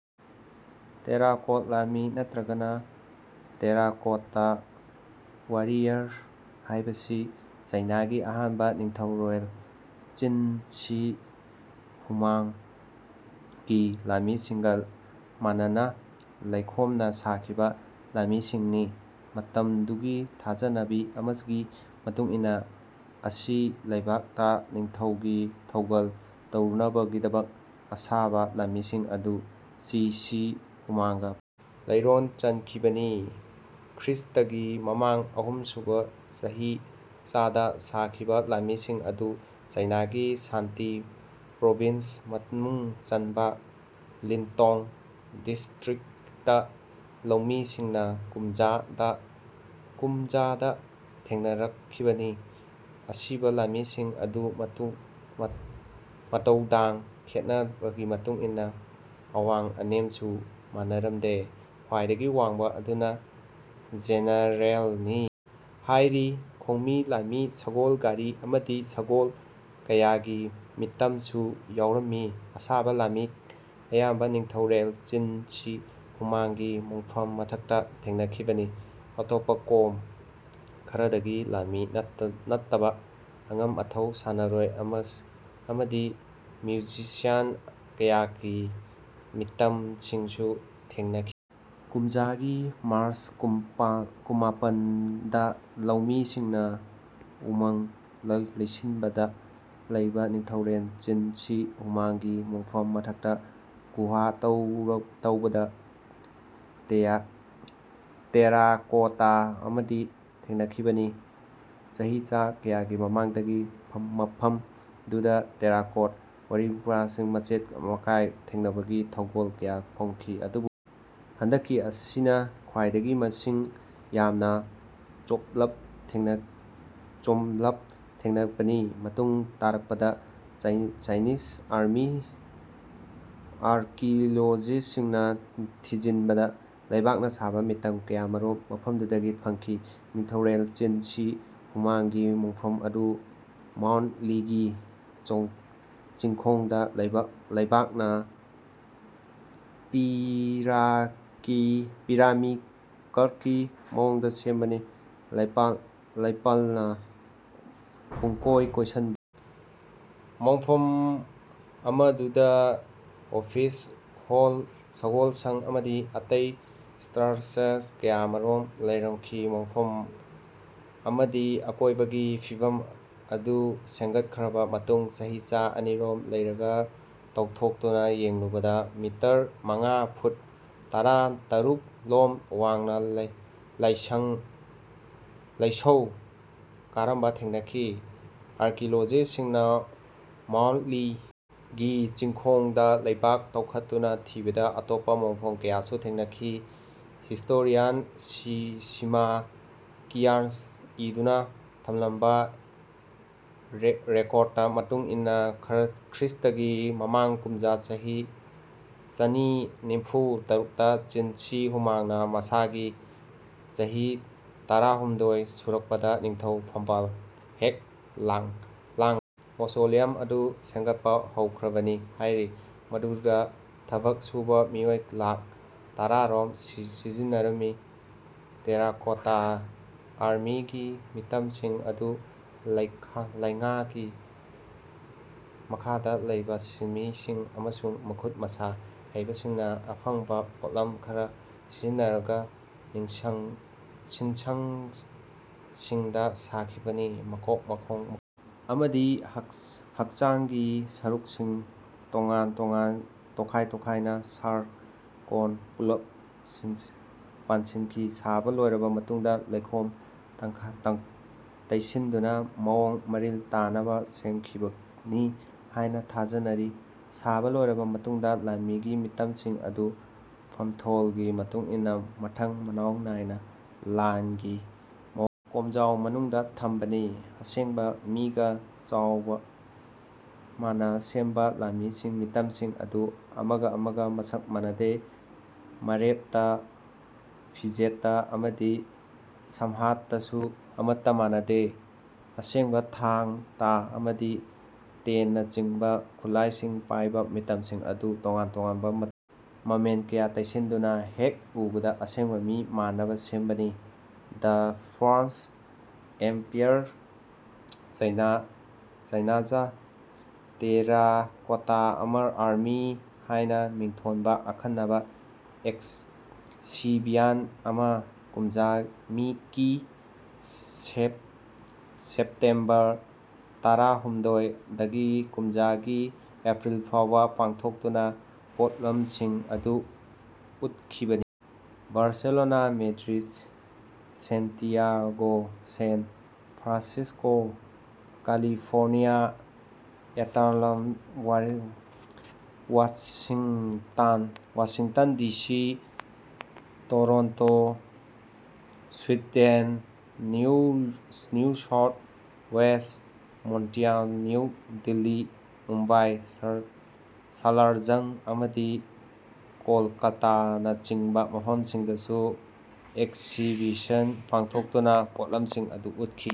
Terracotta ꯂꯥꯟꯃꯤ ꯅꯠꯇ꯭ꯔꯒꯅ ꯇꯦꯔꯥꯀꯣꯠꯇ ꯋꯥꯔꯤꯌꯔꯁ ꯍꯥꯏꯕꯁꯤ ꯆꯥꯏꯅꯥꯒꯤ ꯑꯍꯥꯟꯕ ꯅꯤꯡꯊꯧꯔꯦꯜ ꯆꯤꯟ ꯁꯤ ꯍꯨꯋꯥꯡꯒꯤ ꯂꯥꯟꯃꯤꯁꯤꯡꯒ ꯃꯥꯟꯅꯅ ꯂꯩꯈꯣꯝꯅ ꯁꯥꯈꯤꯕ ꯂꯥꯟꯃꯤꯁꯤꯡꯅꯤ꯫ ꯃꯇꯝꯗꯨꯒꯤ ꯊꯥꯖꯅꯕꯤ ꯑꯃꯒꯤ ꯃꯇꯨꯡꯏꯟꯅ ꯑꯁꯤ ꯂꯩꯕꯥꯛꯇ ꯅꯤꯡꯊꯧꯒꯤ ꯊꯧꯒꯜ ꯇꯧꯔꯨꯅꯕꯒꯤꯗꯃꯛ ꯑꯁꯥꯕ ꯂꯥꯟꯃꯤꯁꯤꯡ ꯑꯗꯨ ꯆꯤ ꯁꯤ ꯍꯨꯋꯥꯡꯒ ꯄꯨꯟꯅ ꯂꯩꯔꯣꯜ ꯆꯟꯈꯤꯕꯅꯤ꯫ ꯈ꯭ꯔꯤꯁꯇꯒꯤ ꯃꯃꯥꯡ ꯑꯍꯨꯝꯁꯨꯕ ꯆꯍꯤꯆꯥꯗ ꯁꯥꯈꯤꯕ ꯂꯥꯟꯃꯤꯁꯤꯡ ꯑꯗꯨ ꯆꯥꯏꯅꯥꯒꯤ ꯁꯥꯟꯖꯤ ꯄ꯭ꯔꯣꯚꯤꯟꯁ ꯃꯅꯨꯡ ꯆꯟꯕ ꯂꯤꯟꯇꯣꯡ ꯗꯤꯁꯇ꯭ꯔꯤꯛꯇ ꯂꯧꯃꯤꯁꯤꯡꯅ ꯀꯨꯝꯖꯥ ꯗ ꯊꯦꯡꯅꯔꯛꯈꯤꯕꯅꯤ꯫ ꯑꯁꯥꯕ ꯂꯥꯟꯃꯤꯁꯤꯡ ꯑꯗꯨ ꯃꯇꯧꯗꯥꯡ ꯈꯦꯟꯅꯕꯒꯤ ꯃꯇꯨꯡꯏꯟꯅ ꯑꯋꯥꯡ ꯑꯅꯦꯝꯁꯨ ꯃꯥꯟꯅꯔꯝꯗꯦ꯫ ꯈ꯭ꯋꯥꯏꯗꯒꯤ ꯋꯥꯡꯕ ꯑꯗꯨꯅ ꯖꯦꯅꯔꯦꯜꯅꯤ ꯍꯥꯏꯔꯤ꯫ ꯈꯣꯡꯃꯤ ꯂꯥꯟꯃꯤ ꯁꯒꯣꯜ ꯒꯥꯔꯤ ꯑꯃꯗꯤ ꯁꯒꯣꯜ ꯀꯌꯥꯒꯤ ꯃꯤꯇꯝꯁꯨ ꯌꯥꯎꯔꯝꯃꯤ꯫ ꯑꯁꯥꯕ ꯂꯥꯟꯃꯤ ꯑꯌꯥꯝꯕ ꯅꯤꯡꯊꯧꯔꯦꯜ ꯆꯤꯟ ꯁꯤ ꯍꯨꯋꯥꯡꯒꯤ ꯃꯣꯡꯐꯝ ꯃꯊꯛꯇ ꯊꯦꯡꯅꯈꯤꯕꯅꯤ꯫ ꯑꯇꯣꯞꯄ ꯀꯣꯝ ꯈꯔꯗꯒꯤ ꯂꯥꯟꯃꯤ ꯅꯠꯇꯕ ꯑꯉꯝ ꯑꯇꯧ ꯁꯥꯟꯅꯔꯣꯏ ꯑꯃꯗꯤ ꯃ꯭ꯌꯨꯖꯤꯁꯤꯌꯥꯟ ꯀꯌꯥꯒꯤ ꯃꯤꯇꯝꯁꯤꯡꯁꯨ ꯊꯦꯡꯅꯈꯤ꯫ ꯀꯨꯝꯖꯥ ꯒꯤ ꯃꯥꯔꯆ ꯀꯨꯟꯃꯥꯄꯟ ꯗ ꯂꯧꯃꯤꯁꯤꯡꯅ ꯃꯥꯎꯟꯠ ꯂꯤꯁꯥꯟꯗ ꯂꯩꯕ ꯅꯤꯡꯊꯧꯔꯦꯜ ꯆꯤꯟ ꯁꯤ ꯍꯨꯋꯥꯡꯒꯤ ꯃꯣꯡꯐꯝ ꯃꯊꯛꯇ ꯒꯨꯍꯥ ꯇꯧꯕꯗ ꯇꯦꯔꯥꯀꯣꯇꯥ ꯑꯥꯔꯃꯤ ꯊꯦꯡꯅꯈꯤꯕꯅꯤ꯫ ꯆꯍꯤꯆꯥ ꯀꯌꯥꯒꯤ ꯃꯃꯥꯡꯗꯒꯤ ꯃꯐꯝꯗꯨꯗ ꯇꯦꯔꯥꯀꯣꯇꯥ ꯋꯥꯔꯤꯌꯔꯒꯤ ꯃꯆꯦꯠ ꯃꯀꯥꯏ ꯊꯦꯡꯅꯕꯒꯤ ꯊꯧꯗꯣꯛ ꯀꯌꯥ ꯊꯣꯛꯈꯤ꯫ ꯑꯗꯨꯕꯨ ꯍꯟꯗꯛꯀꯤ ꯑꯁꯤꯅ ꯈ꯭ꯋꯥꯏꯗꯒꯤ ꯃꯁꯤꯡ ꯌꯥꯝꯅ ꯆꯣꯝꯂꯞ ꯊꯦꯡꯅꯕꯅꯤ꯫ ꯃꯇꯨꯡ ꯇꯥꯔꯛꯄꯗ ꯆꯥꯏꯅꯤꯖ ꯑꯥꯔꯀꯤꯑꯣꯂꯣꯖꯤꯁꯠꯁꯤꯡꯅ ꯊꯤꯖꯤꯟꯕꯗ ꯂꯩꯕꯥꯛꯅ ꯁꯥꯕ ꯃꯤꯇꯝ ꯀꯌꯥꯃꯔꯨꯝ ꯃꯐꯝꯗꯨꯗꯒꯤ ꯐꯪꯈꯤ꯫ ꯅꯤꯡꯊꯧꯔꯦꯜ ꯆꯤꯟ ꯁꯤ ꯍꯨꯋꯥꯡꯒꯤ ꯃꯣꯡꯐꯝ ꯑꯗꯨ ꯃꯥꯎꯟꯠ ꯂꯤꯒꯤ ꯆꯤꯡꯈꯣꯡꯗ ꯂꯩꯕꯥꯛꯅ ꯄꯤꯔꯥꯃꯤꯗꯀꯤ ꯃꯑꯣꯡꯗ ꯁꯦꯝꯕꯅꯤ꯫ꯂꯩꯄꯜꯅ ꯄꯨꯝꯀꯣꯏ ꯀꯣꯏꯁꯤꯟꯕ ꯃꯣꯡꯐꯝ ꯑꯃꯗꯨꯗ ꯑꯣꯐꯤꯁ ꯍꯣꯜ ꯁꯒꯣꯜꯁꯪ ꯑꯃꯗꯤ ꯑꯇꯩ ꯁ꯭ꯇ꯭ꯔꯛꯆꯔ ꯀꯌꯥꯃꯔꯨꯝ ꯂꯩꯔꯝꯃꯤ꯫ ꯃꯣꯡꯐꯝ ꯑꯃꯗꯤ ꯑꯀꯣꯏꯕꯒꯤ ꯐꯤꯚꯝ ꯑꯗꯨ ꯁꯦꯝꯒꯠꯈ꯭ꯔꯕ ꯃꯇꯨꯡ ꯆꯍꯤꯆꯥ ꯑꯅꯤꯔꯣꯝ ꯂꯩꯔꯒ ꯇꯧꯊꯣꯛꯇꯨꯅ ꯌꯦꯡꯂꯨꯕꯗ ꯃꯤꯇꯔ ꯃꯉꯥ ꯐꯨꯠ ꯇꯔꯥꯇꯔꯨꯛ ꯂꯣꯝ ꯋꯥꯡꯅ ꯂꯩꯁꯧ ꯀꯥꯔꯝꯕ ꯊꯦꯡꯅꯈꯤ꯫ꯑꯥꯔꯀꯤꯑꯣꯂꯣꯖꯤꯁꯠꯁꯤꯡꯅ ꯃꯥꯎꯟꯠ ꯂꯤ ꯒꯤ ꯆꯤꯡꯈꯣꯡꯗ ꯂꯩꯕꯥꯛ ꯇꯧꯊꯣꯛꯇꯨꯅ ꯊꯤꯕꯗ ꯑꯇꯣꯞꯄ ꯃꯣꯡꯐꯝ ꯀꯌꯥꯁꯨ ꯊꯦꯡꯅꯈꯤ꯫ ꯍꯤꯁꯇꯣꯔꯤꯌꯥꯟ ꯁꯤꯃꯥ ꯀꯤꯌꯟꯅ ꯏꯗꯨꯅ ꯊꯝꯂꯝꯕ ꯔꯦꯀꯣꯔꯗ ꯃꯇꯨꯡꯏꯟꯅ ꯈ꯭ꯔꯤꯁꯇꯒꯤ ꯃꯃꯥꯡ ꯀꯨꯝꯖꯥ ꯆꯅꯤ ꯅꯤꯝꯐꯨ ꯇꯔꯨꯛꯇ ꯆꯤꯟ ꯁꯤ ꯍꯨꯋꯥꯡꯅ ꯃꯁꯥꯒꯤ ꯆꯍꯤ ꯇꯔꯥꯍꯨꯝꯗꯣꯏ ꯁꯨꯔꯛꯄꯗ ꯅꯤꯡꯊꯧ ꯐꯝꯕꯥꯜ ꯍꯦꯛ ꯂꯥꯡꯕꯒ ꯃꯣꯁꯣꯂꯤꯌꯝ ꯑꯗꯨ ꯁꯦꯝꯒꯠꯄ ꯍꯧꯈ꯭ꯔꯕꯅꯤ ꯍꯥꯏꯔꯤ꯫ ꯃꯗꯨꯗ ꯊꯕꯛ ꯁꯨꯕ ꯃꯤꯑꯣꯏ ꯂꯥꯈ ꯇꯔꯦꯠꯂꯣꯝ ꯁꯤꯖꯤꯟꯅꯔꯝꯃꯤ꯫ ꯇꯦꯔꯥꯀꯣꯇꯥ ꯑꯥꯔꯃꯤꯒꯤ ꯃꯤꯇꯝꯁꯤꯡ ꯑꯗꯨ ꯂꯩꯉꯥꯀꯤ ꯃꯈꯥꯗ ꯂꯩꯕ ꯁꯤꯟꯃꯤꯁꯤꯡ ꯑꯃꯁꯨꯡ ꯃꯈꯨꯠ ꯃꯁꯥ ꯍꯩꯕꯁꯤꯡꯅ ꯑꯐꯪꯕ ꯄꯣꯠꯂꯝ ꯈꯔ ꯁꯤꯖꯤꯟꯅꯔꯒ ꯁꯤꯟꯁꯪꯁꯤꯡꯗ ꯁꯥꯈꯤꯕꯅꯤ꯫ ꯃꯀꯣꯛ ꯃꯈꯣꯡ ꯃꯈꯨꯠ ꯑꯃꯗꯤ ꯍꯛꯆꯥꯡꯒꯤ ꯁꯔꯨꯛꯁꯤꯡ ꯇꯣꯈꯥꯏ ꯇꯣꯈꯥꯏꯅ ꯁꯥꯔꯒ ꯀꯣꯟꯅ ꯄꯨꯜꯂꯞ ꯄꯥꯟꯁꯤꯟꯈꯤ꯫ ꯁꯥꯕ ꯂꯣꯏꯔꯕ ꯃꯇꯨꯡꯗ ꯂꯩꯈꯣꯝ ꯇꯩꯁꯤꯟꯗꯨꯅ ꯃꯑꯣꯡ ꯃꯔꯤꯜ ꯇꯥꯅꯕ ꯁꯦꯝꯈꯤꯕꯅꯤ ꯍꯥꯏꯅ ꯊꯥꯖꯅꯔꯤ꯫ ꯁꯥꯕ ꯂꯣꯏꯔꯕ ꯃꯇꯨꯡꯗ ꯂꯥꯟꯃꯤꯒꯤ ꯃꯤꯇꯝꯁꯤꯡ ꯑꯗꯨ ꯐꯝꯊꯣꯜꯒꯤ ꯃꯇꯨꯡꯏꯟꯅ ꯃꯊꯪ ꯃꯅꯥꯎ ꯅꯥꯏꯅ ꯂꯥꯟꯒꯤ ꯃꯑꯣꯡꯗ ꯀꯣꯝꯖꯥꯎ ꯃꯅꯨꯡꯗ ꯊꯝꯕꯅꯤ꯫ ꯑꯁꯦꯡꯕ ꯃꯤꯒ ꯆꯥꯎꯕ ꯃꯥꯟꯅ ꯁꯦꯝꯕ ꯂꯟꯃꯤꯒꯤ ꯃꯤꯇꯝꯁꯤꯡ ꯑꯗꯨ ꯑꯃꯒ ꯑꯃꯒ ꯃꯁꯛ ꯃꯥꯟꯅꯗꯦ꯫ ꯃꯔꯦꯞꯇ ꯐꯤꯖꯦꯠꯇ ꯑꯃꯗꯤ ꯁꯝꯍꯥꯠꯇꯁꯨ ꯑꯃꯠꯇ ꯃꯥꯟꯅꯗꯦ꯫ ꯑꯁꯦꯡꯕ ꯊꯥꯡ ꯇꯥ ꯑꯃꯗꯤ ꯇꯦꯟꯅꯆꯤꯡꯕ ꯈꯨꯠꯂꯥꯏꯁꯤꯡ ꯄꯥꯏꯕ ꯃꯤꯇꯝꯁꯤꯡ ꯑꯗꯨ ꯇꯣꯉꯥꯟ ꯇꯣꯉꯥꯟꯕ ꯃꯆꯨ ꯃꯃꯦꯟ ꯀꯌꯥ ꯇꯩꯁꯤꯟꯗꯨꯅ ꯍꯦꯛ ꯎꯕꯗ ꯑꯁꯦꯡꯕ ꯃꯤ ꯃꯥꯟꯅꯕ ꯁꯦꯝꯕꯅꯤ꯫ The first emperor Chinese terracotta army ꯍꯥꯏꯅ ꯃꯤꯡꯊꯣꯟꯕ ꯑꯈꯟꯅꯕ ꯑꯦꯛꯁꯤꯕꯤꯁꯟ ꯑꯃ ꯀꯨꯝꯖꯥ ꯀꯤ ꯁꯦꯞꯇꯦꯝꯕ ꯇꯔꯥꯍꯨꯝꯗꯣꯏ ꯗꯒꯤ ꯀꯨꯝꯖꯥ ꯒꯤ ꯑꯦꯄ꯭ꯔꯤꯜ ꯐꯥꯎꯕ ꯄꯥꯡꯊꯣꯛꯇꯨꯅ ꯄꯣꯠꯂꯝꯁꯤꯡ ꯑꯗꯨ ꯎꯠꯈꯤꯕꯅꯤ꯫ Barcelona Madrid Santiago San Francisco California Atlanta Washington D C Toronto Sweden New South Wales Montreal New Delhi Mumbai Salar Jung ꯑꯃꯗꯤ ꯀꯣꯜꯀꯇꯥꯅꯆꯤꯡꯕ ꯃꯐꯝꯁꯤꯡꯗꯁꯨ ꯑꯦꯛꯁꯤꯕꯤꯁꯟ ꯄꯥꯡꯊꯣꯛꯇꯨꯅ ꯄꯣꯠꯂꯝꯁꯤꯡ ꯑꯗꯨ ꯎꯠꯈꯤ꯫